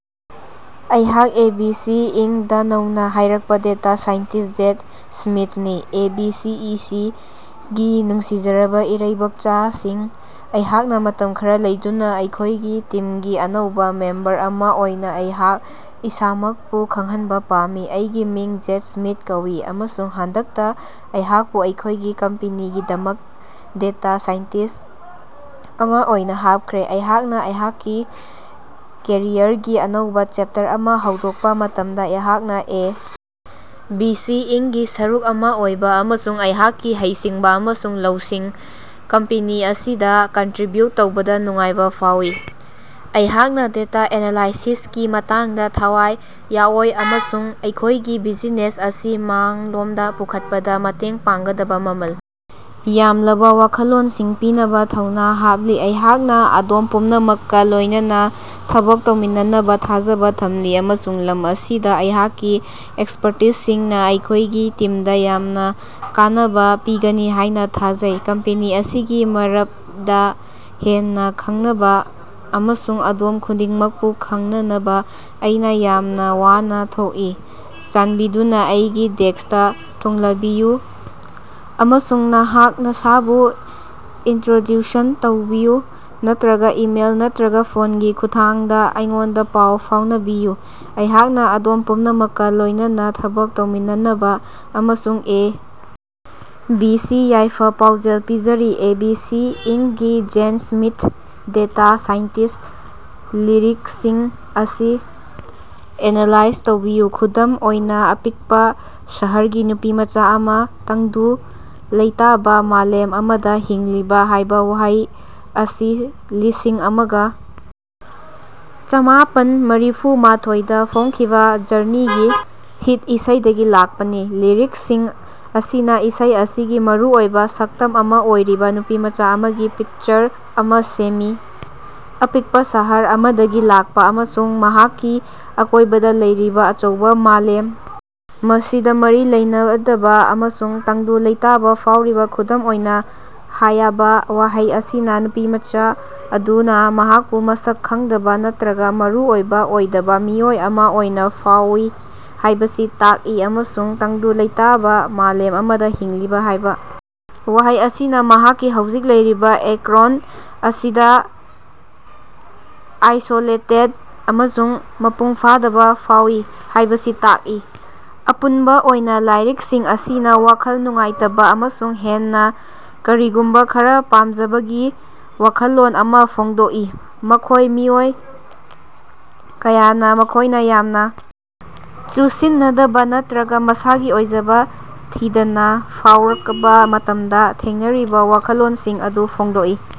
ꯑꯩꯍꯥꯛ ABC. Inc. ꯗ ꯅꯧꯅ ꯍꯥꯏꯔꯛꯄ ꯗꯦꯇꯥ ꯁꯥꯏꯟꯇꯤꯁ꯭ꯠ ꯖꯦꯟ ꯁ꯭ꯃꯤꯊꯅꯤ꯫ A. B. C. E. C. ꯒꯤ ꯅꯨꯡꯁꯤꯖꯔꯕ ꯏꯔꯩꯕꯥꯛꯆꯥꯁꯤꯡ, ꯑꯩꯍꯥꯛꯅ ꯃꯇꯝ ꯈꯔ ꯂꯧꯗꯨꯅ ꯑꯩꯈꯣꯏꯒꯤ ꯇꯤꯝꯒꯤ ꯑꯅꯧꯕ ꯃꯦꯝꯕꯔ ꯑꯃ ꯑꯣꯏꯅ ꯑꯩꯍꯥꯛ ꯏꯁꯥꯃꯛꯄꯨ ꯈꯪꯍꯟꯕ ꯄꯥꯝꯃꯤ꯫ ꯑꯩꯒꯤ ꯃꯤꯡ ꯖꯦꯟ ꯁ꯭ꯃꯤꯊ ꯀꯧꯏ ꯑꯃꯁꯨꯡ ꯍꯟꯗꯛꯇ ꯑꯩꯍꯥꯛꯄꯨ ꯑꯩꯈꯣꯏꯒꯤ ꯀꯝꯄꯦꯅꯤꯒꯤꯗꯃꯛ ꯗꯦꯇꯥ ꯁꯥꯏꯟꯇꯤꯁ꯭ꯠ ꯑꯃ ꯑꯣꯏꯅ ꯍꯥꯞꯈ꯭ꯔꯦ꯫ ꯑꯩꯍꯥꯛꯅ ꯑꯩꯍꯥꯛꯀꯤ ꯀꯦꯔꯤꯌꯔꯒꯤ ꯑꯅꯧꯕ ꯆꯦꯞꯇꯔ ꯑꯃꯥ ꯍꯧꯗꯣꯛꯄ ꯃꯇꯝꯗ, ꯑꯩꯍꯥꯛꯅ ꯑꯦ. ꯕꯤ. ꯁꯤ. ꯏꯟꯀ. ꯒꯤ ꯁꯔꯨꯛ ꯑꯃ ꯑꯣꯏꯕ ꯑꯃꯁꯨꯡ ꯑꯩꯍꯥꯛꯀꯤ ꯍꯩꯁꯤꯡꯕ ꯑꯃꯁꯨꯡ ꯂꯧꯁꯤꯡ ꯀꯝꯄꯦꯅꯤ ꯑꯁꯤꯗ ꯀꯟꯇ꯭ꯔꯤꯕ꯭ꯌꯨꯠ ꯇꯧꯕꯗ ꯅꯨꯡꯉꯥꯏꯕ ꯐꯥꯎꯏ꯫ ꯑꯩꯍꯥꯛꯅ ꯗꯦꯇꯥ ꯑꯦꯅꯥꯂꯥꯏꯁꯤꯁꯀꯤ ꯃꯇꯥꯡꯗ ꯊꯋꯥꯏ ꯌꯥꯑꯣꯏ ꯑꯃꯁꯨꯡ ꯑꯩꯈꯣꯏꯒꯤ ꯕꯤꯖꯤꯅꯦꯁ ꯑꯁꯤ ꯃꯥꯡꯂꯣꯝꯗ ꯄꯨꯈꯠꯄꯗ ꯃꯇꯦꯡ ꯄꯥꯡꯒꯗꯕ ꯃꯃꯜ ꯌꯥꯝꯂꯕ ꯋꯥꯈꯜꯂꯣꯟꯁꯤꯡ ꯄꯤꯅꯕ ꯊꯧꯅ ꯍꯥꯞꯂꯤ꯫ ꯑꯩꯍꯥꯛꯅ ꯑꯗꯣꯝ ꯄꯨꯝꯅꯃꯛꯀ ꯂꯣꯏꯅꯅ ꯊꯕꯛ ꯇꯧꯃꯤꯟꯅꯅꯕ ꯊꯥꯖꯕ ꯊꯝꯂꯤ ꯑꯃꯁꯨꯡ ꯂꯝ ꯑꯁꯤꯗ ꯑꯩꯍꯥꯛꯀꯤ ꯑꯦꯛꯁꯄꯔꯇꯁꯤꯡꯅ ꯑꯩꯈꯣꯏꯒꯤ ꯇꯤꯝꯗ ꯌꯥꯝꯅ ꯀꯥꯟꯅꯕ ꯄꯤꯒꯅꯤ ꯍꯥꯏꯅ ꯊꯥꯖꯩ꯫ ꯀꯝꯄꯦꯅꯤ ꯑꯁꯤꯒꯤ ꯃꯔꯞꯗ ꯍꯦꯟꯅ ꯈꯪꯅꯕ ꯑꯃꯁꯨꯡ ꯑꯗꯣꯝ ꯈꯨꯗꯤꯡꯃꯛꯄꯨ ꯈꯪꯅꯅꯕ ꯑꯩꯅ ꯌꯥꯝꯅ ꯋꯥꯅ ꯊꯣꯛꯏ꯫ ꯆꯥꯟꯕꯤꯗꯨꯅ ꯑꯩꯒꯤ ꯗꯦꯁ꯭ꯀꯇ ꯊꯨꯡꯂꯕꯤꯌꯨ ꯑꯃꯁꯨꯡ ꯅꯍꯥꯛ ꯅꯁꯥꯕꯨ ꯏꯅꯇ꯭ꯔꯣꯗ꯭ꯌꯨꯁꯟ ꯇꯧꯕꯤꯌꯨ ꯅꯠꯇ꯭ꯔꯒ ꯏꯃꯦꯜ ꯅꯠꯇ꯭ꯔꯒ ꯐꯣꯟꯒꯤ ꯈꯨꯠꯊꯥꯡꯗ ꯑꯩꯉꯣꯟꯗ ꯄꯥꯎ ꯐꯥꯎꯅꯕꯤꯌꯨ ꯫ ꯑꯩꯍꯥꯛꯅ ꯑꯗꯣꯝ ꯄꯨꯝꯅꯃꯛꯀ ꯂꯣꯏꯅꯅ ꯊꯕꯛ ꯇꯧꯃꯤꯟꯅꯅꯕ ꯑꯃꯁꯨꯡ ꯑꯦ. ꯕꯤ. ꯁꯤ. ꯌꯥꯏꯐ-ꯄꯥꯎꯖꯦꯜ ꯄꯤꯖꯔꯤ, ꯑꯦ. ꯕꯤ. ꯁꯤ. ꯏꯟꯀ. ꯒꯤ ꯖꯦꯟ ꯁ꯭ꯃꯤꯊ ꯗꯦꯇꯥ ꯁꯥꯏꯟꯇꯤꯁ꯭ꯠ꯫ ꯂꯤꯔꯤꯛꯁꯤꯡ ꯑꯁꯤ ꯑꯦꯅꯥꯂꯥꯏꯖ ꯇꯧꯕꯤꯌꯨ: "ꯈꯨꯗꯝ ꯑꯣꯏꯅ ꯑꯄꯤꯛꯄ ꯁꯍꯔꯒꯤ ꯅꯨꯄꯤꯃꯆꯥ ꯑꯃ ꯇꯪꯗꯨ ꯂꯩꯇꯥꯕ ꯃꯥꯂꯦꯝ ꯑꯃꯗ ꯍꯤꯡꯂꯤꯕꯥ"꯫ ꯍꯥꯏꯕ ꯋꯥꯍꯩ ꯑꯁꯤ ꯂꯤꯁꯤꯡ ꯑꯃꯒ ꯆꯃꯥꯄꯟ ꯃꯔꯤꯐꯨ ꯃꯥꯊꯣꯏ ꯗ ꯐꯣꯡꯈꯤꯕ ꯖꯔꯅꯤꯒꯤ ꯍꯤꯠ ꯏꯁꯩ ꯗꯒꯤ ꯂꯥꯛꯄꯅꯤ, ꯂꯤꯔꯤꯛꯁꯤꯡ ꯑꯁꯤꯅ ꯏꯁꯩ ꯑꯁꯤꯒꯤ ꯃꯔꯨꯑꯣꯏꯕ ꯁꯛꯇꯝ ꯑꯃ ꯑꯣꯏꯔꯤꯕ ꯅꯨꯄꯤꯃꯆ ꯑꯃꯒꯤ ꯄꯤꯛꯆꯔ ꯑꯃ ꯁꯦꯝꯃꯤ꯫ ꯑꯄꯤꯛꯄ ꯁꯍꯔ ꯑꯃꯗꯒꯤ ꯂꯥꯛꯄ ꯑꯃꯁꯨꯡ ꯃꯍꯥꯛꯀꯤ ꯑꯀꯣꯏꯕꯗ ꯂꯩꯔꯤꯕ ꯑꯆꯧꯕ ꯃꯥꯂꯦꯝ ꯑꯁꯤꯗ ꯃꯔꯤ ꯂꯩꯅꯗꯕ ꯑꯃꯁꯨꯡ ꯇꯪꯗꯨ ꯂꯩꯇꯥꯕ ꯐꯥꯎꯔꯤꯕ꯫ "ꯈꯨꯗꯝ ꯑꯣꯏꯅ" ꯍꯥꯌꯕ ꯋꯥꯍꯩ ꯑꯁꯤꯅ ꯅꯨꯄꯤꯃꯆ ꯑꯗꯨꯅ ꯃꯍꯥꯛꯄꯨ ꯃꯁꯛ ꯈꯪꯗꯕ ꯅꯠꯇ꯭ꯔꯒ ꯃꯔꯨꯑꯣꯏꯕ ꯑꯣꯏꯗꯕ ꯃꯤꯑꯣꯏ ꯑꯃ ꯑꯣꯏꯅ ꯐꯥꯎꯏ ꯍꯥꯢꯕꯁꯤ ꯇꯥꯛꯏ ꯑꯃꯁꯨꯡ "ꯇꯪꯗꯨ ꯂꯩꯇꯥꯕ ꯃꯥꯂꯦꯝ ꯑꯃꯗ ꯍꯤꯡꯂꯤꯕꯥ" ꯍꯥꯏꯕ ꯋꯥꯍꯩ ꯑꯁꯤꯅ ꯃꯍꯥꯛꯀꯤ ꯍꯧꯖꯤꯛ ꯂꯩꯔꯤꯕ ꯑꯀꯣꯌꯔꯣꯟ ꯑꯁꯤꯗ ꯑꯥꯏꯁꯣꯂꯦꯇꯦꯗ ꯑꯃꯁꯨꯡ ꯃꯄꯨꯡ ꯐꯥꯗꯕ ꯐꯥꯎꯏ ꯍꯥꯢꯕꯁꯤ ꯇꯥꯛꯏ꯫ ꯑꯄꯨꯟꯕ ꯑꯣꯏꯅ ꯂꯥꯏꯔꯤꯛꯁꯤꯡ ꯑꯁꯤꯅ ꯋꯥꯈꯜ ꯅꯨꯡꯉꯥꯏꯇꯕ ꯑꯃꯁꯨꯡ ꯍꯦꯟꯅ ꯀꯔꯤꯒꯨꯝꯕ ꯈꯔ ꯄꯥꯝꯖꯕꯒꯤ ꯋꯥꯈꯜꯂꯣꯟ ꯑꯃ ꯐꯣꯡꯗꯣꯛꯏ, ꯃꯈꯣꯢ ꯃꯤꯑꯣꯏ ꯀꯌꯥꯅ ꯃꯈꯣꯏꯅ ꯌꯥꯝꯅ ꯆꯨꯁꯤꯟꯅꯗꯕ ꯅꯠꯇ꯭ꯔꯒ ꯃꯁꯥꯒꯤ ꯑꯣꯏꯖꯕ ꯊꯤꯗꯅ ꯐꯥꯎꯔꯀꯄ ꯃꯇꯝꯗ ꯊꯦꯡꯅꯔꯤꯕ ꯋꯥꯈꯜꯂꯣꯟꯁꯤꯡ ꯑꯗꯨ ꯐꯣꯡꯗꯣꯛꯏ ꯫